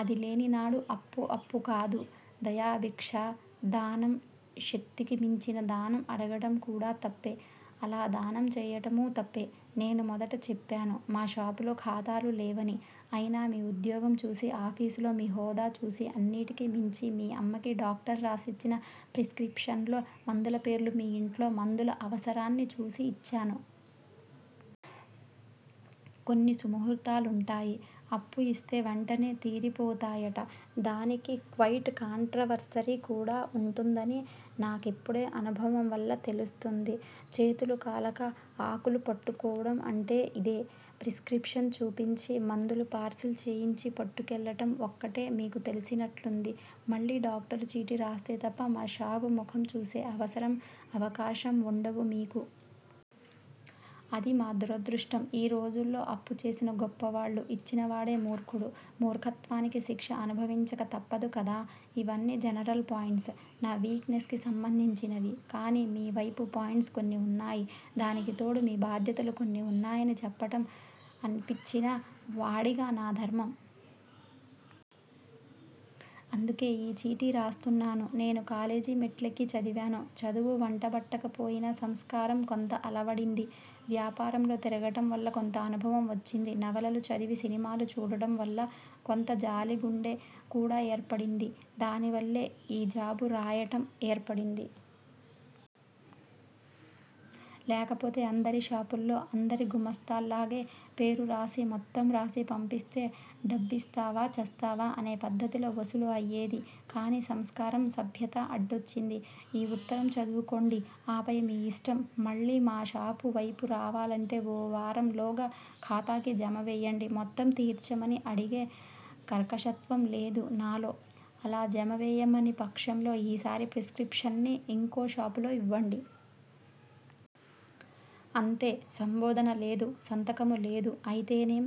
అది లేనినాడు అప్పు అప్పు కాదు. దయాభిక్ష! దానం. శక్తికి మించిన దానం అడగటం కూడా తప్పే. అలా దానం చేయటమూ తప్పే! నేను మొదట చెప్పాను! మా షాపులో ఖాతాలు లేవని! అయినా మీ ఉద్యోగం చూసి, ఆఫీసులో మీ హోదా చూసి అన్నిటికి మించి మీ అమ్మకి డాక్టర్ రాసిచ్చిన ప్రిస్కిప్షన్ లో మందుల పేర్లు మీ ఇంట్లో మందుల అవసరాన్ని చూసి ఇచ్చాను. కొన్ని సుముహూర్తాలుంటాయి. అప్పు ఇస్తే వెంటనే తీరిపోతాయట. దానికి క్వయిట్ కాంట్రవర్సరీ కూడా వుంటుందని నా కిప్పుడే అనుభవం వల్ల తెలుస్తూంది. చేతులు కాలక ఆకులు పట్టుకోవటం అంటే ఇదే! ప్రిస్కిప్షన్ చూపించి మందులు పార్సిల్ చేయించి పట్టుకెళ్ళటం ఒక్కటే మీకు తెలిసినట్లుంది. మళ్ళీ డాక్టరు చీటీ రాస్తే తప్ప మా షాపు ముఖం చూసే అవసరం, అవకాశం వుండవు మీకు. అది మా దురదృష్టం. ఈ రోజుల్లో అప్పు చేసిన గొప్పవాళ్ళు. ఇచ్చినవాడే మూర్ఖుడు. మూర్ఖత్వానికి శిక్ష అనుభవించక తప్పదు కదా! ఇవన్నీ జనరల్ పాయింట్స్! నా వీక్ నెస్ కి సంబంధించినవి. కానీ మీ వైపు పాయింట్స్ కొన్ని వున్నాయి. దానికి తోడు మీ బాధ్యతలూ కొన్ని వున్నాయని చెప్పటం అప్పిచ్చిన వాడిగా నా ధర్మం. అందుకే ఈ చీటీ రాస్తున్నాను. నేనూ కాలేజీ మెట్లెక్కి చదివాను. చదువు వంట బట్టకపోయినా సంస్కారం కొంత అలవడింది. వ్యాపారంలో తిరగటంవల్ల కొంత అనుభవం వచ్చింది. నవలలు చదివీ, సినిమాలు చూడటం వల్లా కొంత జాలిగుండె కూడా ఏర్పడింది. దానివల్లే ఈ జాబు రాయటం ఏర్పడింది. లేకపోతే అందరి షాపుల్లో అందరి గుమాస్తాల్లాగే పేరు రాసి మొత్తం రాసి పంపిస్తే డబ్బిస్తావా చస్తావా అనే పద్దతిలో వసూలు అయ్యేది. కానీ సంస్కారం సభ్యత అడ్డొచ్చింది. ఈ ఉత్తరం చదువుకోండి! ఆపై మీ ఇష్టం! మళ్ళీ మా షాపు వైపు రావాలంటే ఓ వారంలోగా ఖాతాకి జమ వేయండి, మొత్తం తీర్చమని అడిగే కర్కశత్వం లేదు నాలో అలా జమవేయలేని పక్షంలో ఈసారి ప్రిస్కిప్షన్ని ఇంకో షాపులో ఇవ్వండి. అంతే! సంబోధన లేదు! సంతకమూ లేదు! అయితేనేం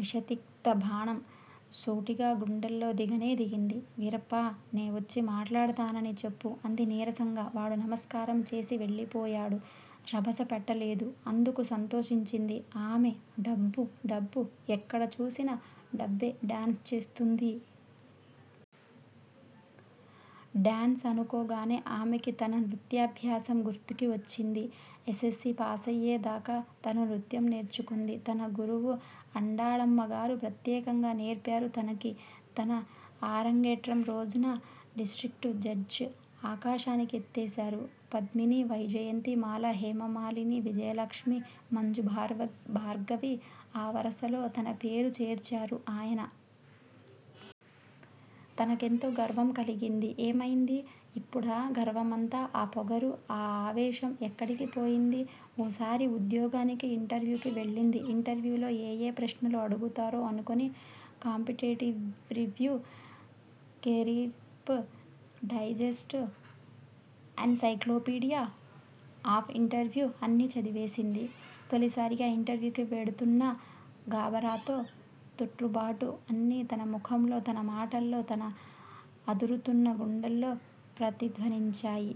విషతిక్తబాణం సూటిగా గుండెల్లో దిగనే దిగింది. వీరప్పా! నేవచ్చి మాటాడతానని చెప్పు! అంది నీరసంగా. వాడు నమస్కారం చేసి వెళ్ళిపోయాడు. రభస పెట్టలేదు. అందుకు సంతోషించింది ఆమె! డబ్బు! డబ్బు! ఎక్కడ చూసినా డబ్బే డాన్స్ చేస్తూంది!! డాన్స్ అనుకోగానే ఆమెకి తన నృత్యాభ్యాసం గుర్తుకి వచ్చింది. ఎస్సెస్సీ పాసయ్యేదాకా తను నృత్యం నేర్చుకుంది. తన గురువు ఆండాళమ్మగారు ప్రత్యేకంగా నేర్పారు తనకి. తన అరంగేట్రం రోజున డిస్ట్రిక్టు జడ్జ్ ఆకాశానికెత్తేశారు! పద్మిని, వైజయంతిమాల, హేమమాలిని, విజయలక్ష్మి మంజుభార్గవి ఆ వరసలో తన పేరూ చేర్చారు ఆయన. తనకెంతో గర్వం కలిగింది. ఏమయింది ఇప్పుడా గర్వమంతా? ఆ పొగరూ, ఆ ఆవేశం ఎక్కడికి పోయింది? ఓసారి ఉద్యోగానికి ఇంటర్వ్యూకి వెళ్ళింది. ఇంటర్వ్యూలో ఏయే ప్రశ్నలు అడుగుతారో అనుకుని competitive review, career digest, encyclopedia of interview అన్నీ చదివేసింది. తొలిసారిగా ఇంటర్వ్యూకి వెడుతున్న గాబరాతో, తొట్రుబాటు అన్నీ తన ముఖంలో తన మాటల్లో తన అదురుతున్న గుండెల్లో ప్రతిధ్వనించాయి.